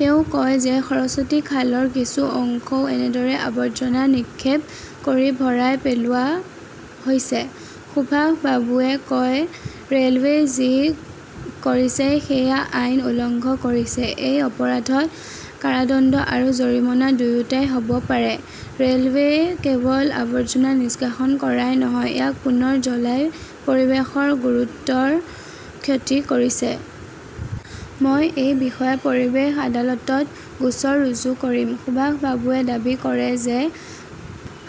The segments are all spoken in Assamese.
তেওঁ কয় যে সৰস্বতী খালৰ কিছু অংশও এনেদৰে আবৰ্জনা নিক্ষেপ কৰি ভৰাই পেলোৱা হৈছে। সুভাষ বাবুৱে কয়, ৰেলৱেই যি কৰিছে সেইয়া আইন উলংঘন কৰিছে। এই অপৰাধত কাৰাদণ্ড আৰু জৰিমনা দুয়োটাই হব পাৰে। ৰেলৱেই কেৱল আৱৰ্জনা নিষ্কাশন কৰাই নহয়, ইয়াক পুনৰ জ্বলাই পৰিৱেশৰ গুৰুতৰ ক্ষতি কৰিছে। মই এই বিষয়ে পৰিৱেশ আদালতত গোচৰ ৰুজু কৰিম। সুভাষ বাবুৱে দাবী কৰে যে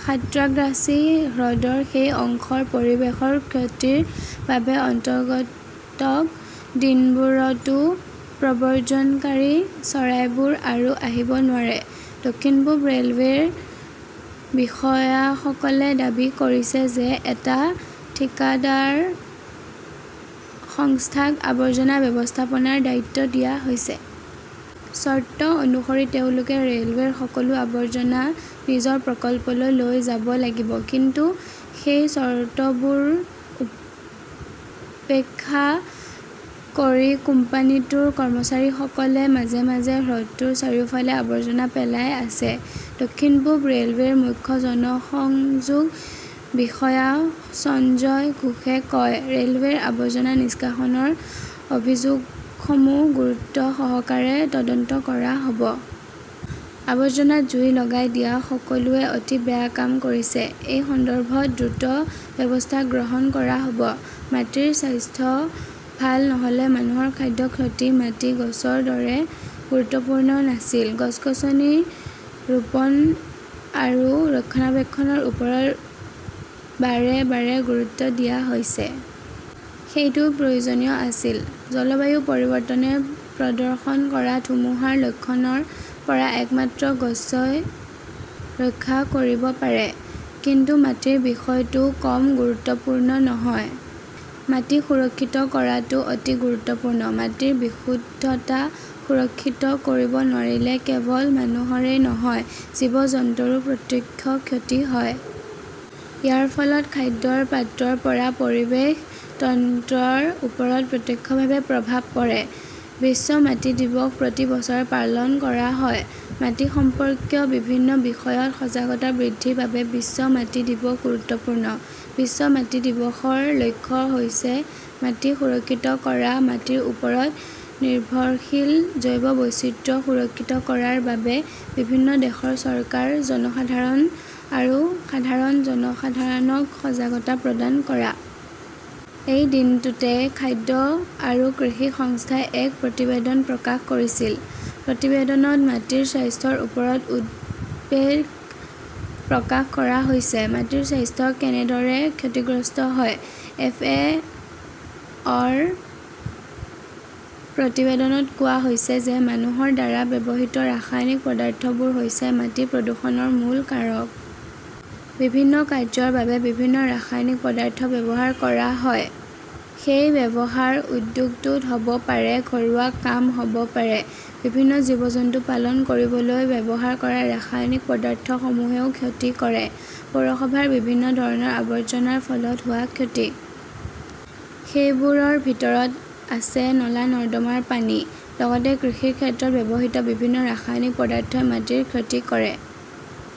সাঁত্ৰাগাছী হ্ৰদৰ সেই অংশৰ পৰিৱেশৰ ক্ষতিৰ বাবে আগন্তুক দিনবোৰত প্ৰব্ৰজনকাৰী চৰাইবোৰ আৰু আহিব নোৱাৰে। দক্ষিণ-পূব ৰেলৱেৰ বিষয়াসকলে দাবী কৰিছে যে এটা ঠিকাদাৰ সংস্থাক আৱৰ্জনা ব্যৱস্থাপনাৰ দায়িত্ব দিয়া হৈছে। চৰ্ত অনুসৰি, তেওঁলোকে ৰেলৱেৰ সকলো আৱৰ্জনা নিজৰ প্ৰকল্পলৈ লৈ যাব লাগিব। কিন্তু সেই চৰ্তবোৰ উপেক্ষা কৰি কোম্পানীটোৰ কৰ্মচাৰীসকলে মাজে-মাজে হ্ৰদটোৰ চাৰিওফালে আৱৰ্জনা পেলাই আছে। দক্ষিণ-পূব ৰেলৱেৰ মুখ্য জনসংযোগ বিষয়া সঞ্জয় ঘোষে কয়, ৰেলৱেৰ আৱৰ্জনা নিষ্কাশনৰ অভিযোগসমূহ গুৰুত্বসহকাৰে তদন্ত কৰা হব। আৱৰ্জনাত জুই লগাই দিয়া সকলোৱে অতি বেয়া কাম কৰিছে। এই সন্দৰ্ভত দ্ৰুত ব্যৱস্থা গ্ৰহণ কৰা হব। মাটিৰ স্বাস্থ্য ভাল নহলে মানুহৰ খাদ্যৰ ক্ষতি মাটি গছৰ দৰে গুৰুত্বপূৰ্ণ নাছিল। গছ-গছনি ৰোপণ আৰু ৰক্ষণাবেক্ষণৰ ওপৰত বাৰে বাৰে গুৰুত্ব দিয়া হৈছে। সেইটোও প্ৰয়োজনীয় আছিল। জলবায়ু পৰিৱৰ্তনে প্ৰদৰ্শন কৰা ধুমুহাৰ লক্ষণৰ পৰা একমাত্ৰ গছই ৰক্ষা কৰিব পাৰে। কিন্তু মাটিৰ বিষয়টোও কম গুৰুত্বপূৰ্ণ নহয়। মাটি সুৰক্ষিত কৰাটো অতি গুৰুত্বপূৰ্ণ। মাটিৰ বিশুদ্ধতা সুৰক্ষিত কৰিব নোৱাৰিলে কেৱল মানুহৰেই নহয়, জীৱ-জন্তুৰো প্ৰত্যক্ষ ক্ষতি হয়। ইয়াৰ ফলত খাদ্যৰ পাত্ৰৰ পৰা পৰিৱেশ তন্ত্ৰৰ ওপৰত প্ৰত্যক্ষভাৱে প্ৰভাৱ পৰে। 'বিশ্ব মাটি দিৱস'প্ৰতি বছৰে পালন কৰা হয়। মাটি সম্পৰ্কীয় বিভিন্ন বিষয়ত সজাগতা বৃদ্ধিৰ বাবে 'বিশ্ব মাটি দিৱস'গুৰুত্বপূৰ্ণ।'বিশ্ব মাটি দিৱস'ৰ লক্ষ্য হৈছে মাটি সুৰক্ষিত কৰা, মাটিৰ ওপৰত নিৰ্ভৰশীল জৈৱ বৈচিত্ৰ্য সুৰক্ষিত কৰাৰ বাবে বিভিন্ন দেশৰ চৰকাৰ, জনসাধাৰণ আৰু সাধাৰণ জনসাধাৰণক সজাগতা প্ৰদান কৰা। এই দিনটোতে খাদ্য আৰু কৃষি সংস্থাই এক প্ৰতিবেদন প্ৰকাশ কৰিছিল। প্ৰতিবেদনত মাটিৰ স্বাস্থ্যৰ ওপৰত উদ্বেগ প্ৰকাশ কৰা হৈছে। মাটিৰ স্বাস্থ্য কেনেদৰে ক্ষতিগ্ৰস্ত হয়? এফ. এ. অ -ৰ প্ৰতিবেদনত কোৱা হৈছে যে মানুহৰ দ্বাৰা ব্যৱহৃত ৰাসায়নিক পদাৰ্থবোৰ হৈছে মাটি প্ৰদূষণৰ মূল কাৰক। বিভিন্ন কাৰ্য্যৰ বাবে বিভিন্ন ৰাসায়নিক পদাৰ্থ ব্যৱহাৰ কৰা হয়। সেই ব্যৱহাৰ উদ্যোগটোত হ 'ব পাৰে, ঘৰুৱা কাম হ ব পাৰে। বিভিন্ন জীৱ-জন্তু পালন কৰিবলৈ ব্যৱহাৰ কৰা ৰাসায়নিক পদাৰ্থসমূহেও ক্ষতি কৰে। পৌৰসভাৰ বিভিন্ন ধৰণৰ আৱৰ্জনাৰ ফলত হোৱা ক্ষতি। সেইবোৰৰ ভিতৰত আছে নলা-নৰ্দমাৰ পানী। লগতে কৃষিৰ ক্ষেত্ৰত ব্যৱহৃত বিভিন্ন ৰাসায়নিক পদাৰ্থই মাটিৰ ক্ষতি কৰে।